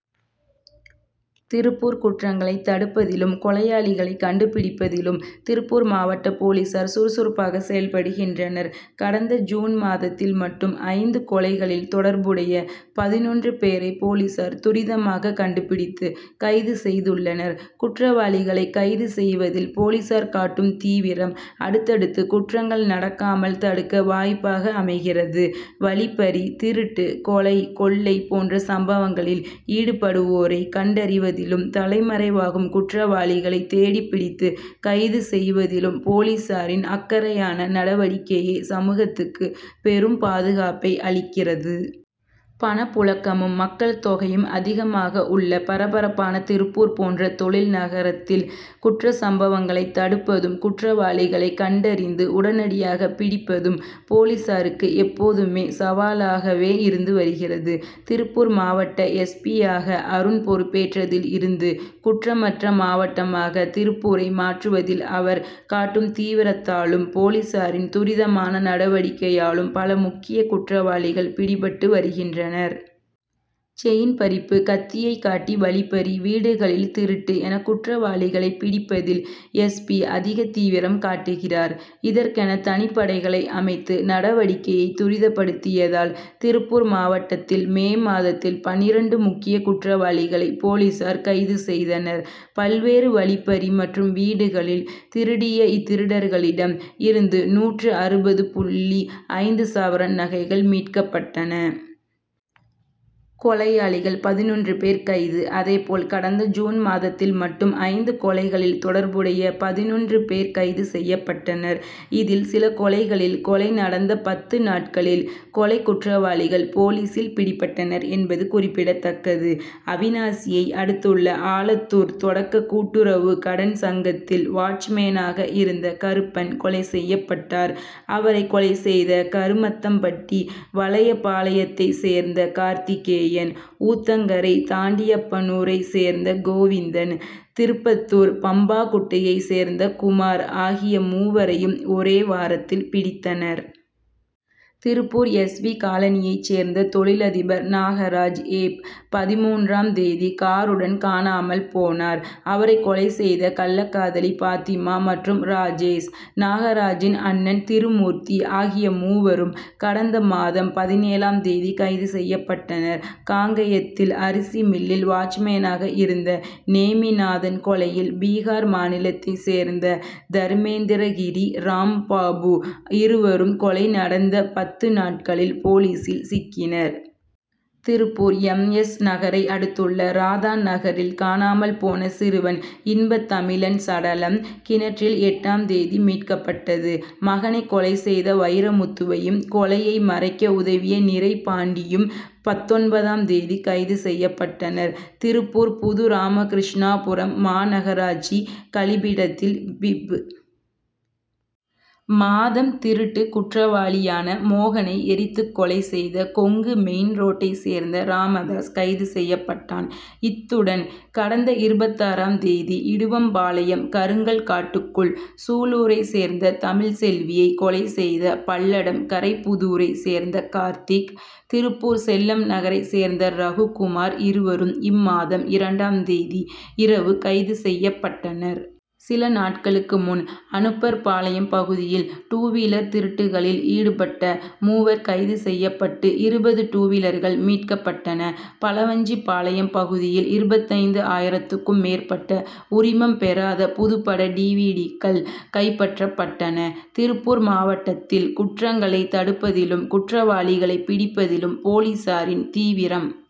திருப்பூர் குற்றங்களை தடுப்பதிலும், கொலையாளிகளை கண்டு பிடிப்பதிலும் திருப்பூர் மாவட்ட போலீசார் சுறுசுறுப்பாக செயல்படுகின்றனர்; கடந்த ஜூன் மாதத்தில் மட்டும் ஐந்து கொலைகளில் தொடர்புடைய பதினொன்று பேரை போலீசார் துரிதமாக கண்டு பிடித்து கைது செய்துள்ளனர். குற்றவாளிகளை கைது செய்வதில் போலீசார் காட்டும் தீவிரம், அடுத் தடுத்து குற்றங்கள் நடக்காமல் தடுக்க வாய்ப்பாக அமைகிறது; வழிப்பறி, திருட்டு, கொலை, கொள்ளை போன்ற சம்பவங்களில் ஈடுபடுவோரை கண்டறிவதிலும், தலைமறைவாகும் குற்றவாளிகளை தேடிப்பிடித்து கைது செய்வதிலும் போலீசாரின் அக்கறை யான நடவடிக்கையே, சமூகத்துக்கு பெரும் பாதுகாப்பை அளிக்கிறது. பணப்புழக்கமும், மக்கள் தொகை யும் அதிகமாக உள்ள பரபரப்பான திருப்பூர் போன்ற தொழில் நகரத்தில், குற்றச்சம்பவங்களை தடுப்பதும், குற்ற வாளிகளை கண்டறிந்து உடனடியாக பிடிப்பதும் போலீசாருக்கு எப்போதுமே சவாலாகவே இருந்து வருகிறது. திருப்பூர் மாவட்ட எஸ். பி.,யாக அருண் பொறுப்பேற்றதில் இருந்து, குற்றமற்ற மாவட்டமாக திருப்பூரை மாற்றுவதில் அவர் காட்டும் தீவிரத்தாலும், போலீசாரின் துரிதமான நடவடிக்கையாலும் பல முக்கிய குற்றவாளிகள் பிடிபட்டு வருகின்றனர். செயின் பறிப்பு, கத்தியை காட்டி வழிப்பறி, வீடுகளில் திருட்டு என குற்றவாளிகளை பிடிப்பதில் எஸ். பி., அதிக தீவிரம் காட்டுகிறார்; இதற்கென தனிப்படைகளை அமைத்து, நடவடிக்கையை துரிதப்படுத்தியதால், திருப்பூர் மாவட்டத்தில் மே மாதத்தில் பன்னிரண்டு முக்கிய குற்றவாளிகளை போலீசார் கைது செய்தனர்; பல்வேறு வழிப்பறி மற்றும் வீடுகளில் திருடிய இத் திருடர்களிடம் இருந்து நூற்று அறுபது புள்ளி ஐந்து சவரன் நகைகள் மீட்கப்பட்டன. கொலையாளிகள் பதினொன்று பேர் கைது அதேபோல், கடந்த ஜூன் மாதத்தில் மட்டும் ஐந்து கொலைகளில் தொடர்புடைய பதினொன்று பேர் கைது செய்யப் பட்டனர். இதில் சில கொலைகளில், கொலை நடந்த பத்து நாட்களில் கொலைக்குற்றவாளிகள் போலீசில் பிடிபட்டனர் என்பது குறிப்பிடத் தக்கது. அவிநாசியை அடுத்துள்ள ஆலத்தூர் தொடக்க கூட்டுறவு கடன் சங்கத்தில் வாட்ச்மேனாக இருந்த கருப்பன் கொலை செய்யப்பட்டார்; அவரை கொலை செய்த கருமத்தம் பட்டி வலையபாளையத்தை சேர்ந்த கார்த்திகேயன், ஊத்தங்கரை தாண்டி யப்பனூரை சேர்ந்த கோவிந்தன், திருப்பத்தூர் பம்பாகுட்டையை சேர்ந்த குமார் ஆகிய மூவரையும், ஒரே வாரத்தில் பிடித்தனர். திருப்பூர் எஸ். வி., காலனியைச் சேர்ந்த தொழிலதிபர் நாகராஜ், ஏப்., பதின்மூன்றாம் தேதி காருடன் காணாமல் போனார். அவரை கொலை செய்த கள்ளக்காதலி பாத்திமா மற்றும் ராஜேஷ், நாகராஜின் அண்ணன் திருமூர்த்தி ஆகிய மூவரும் கடந்த மாதம் பதினேழாம் தேதி கைது செய்யப்பட்டனர். காங்கயத்தில் அரிசி மில்லில் வாட்ச்மேனாக இருந்த நேமிநாதன் கொலையில், பீகார் மாநிலத்தைச் சேர்ந்த தர்மேந்திர கிரி, ராம்பாபு இருவரும், கொலை நடந்த பத்து நாட்களில் போலீசில் சிக்கினர். திருப்பூர் எம். எஸ்., நகரை அடுத்துள்ள ராதா நகரில் காணாமல் போன சிறுவன் இன்பத்தமிழன் சடலம், கிணற்றில் எட்டாம் தேதி மீட்கப் பட்டது. மகனை கொலை செய்த வைரமுத்துவையும், கொலையை மறைக்க உதவிய நிறைபாண்டியும், பத்தொன்பதாம் தேதி கைது செய்யப்பட்டனர். திருப்பூர் புது ராமகிருஷ்ணாபுரம் மாநகராட்சி கழிப்பிடத்தில் பிப்., மாதம் திருட்டு குற்றவாளியான மோகனை எரித்துக்கொலை செய்த, கொங்கு மெயின் ரோட்டை சேர்ந்த ராமதாஸ் கைது செய்யப்பட்டான். இத்துடன் கடந்த இருபத்தாறாம் தேதி, இடுவம்பாளையம் கருங்கல் காட்டுக்குள் சூலூரை சேர்ந்த தமிழ் செல்வியை கொலை செய்த, பல்லடம் கரைப்புதூரை சேர்ந்த கார்த்திக், திருப்பூர் செல்லம் நகரைச் சேர்ந்த ரகு குமார் இருவரும் இம்மாதம் இரண்டாம் தேதி இரவு கைது செய்யப்பட்டனர். சில நாட்களுக்கு முன், அனுப்பர் பாளையம் பகுதியில் டூவீலர் திருட்டு களில் ஈடுபட்ட மூவர் கைது செய்யப் பட்டு இருபது டூவீலர்கள் மீட்கப்பட்டன; பலவஞ்சிபாளையம் பகுதியில் இருபத்தைந்து ஆயிரத்துக்கும் மேற்பட்ட உரிமம் பெறாத புதுப்பட டிவிடிக்கள் கைப்பற்றப்பட்டன. திருப்பூர் மாவட்டத்தில் குற்றங் களை தடுப்பதிலும், குற்றவாளிகளை பிடிப்பதிலும் போலீசாரின் தீவிரம்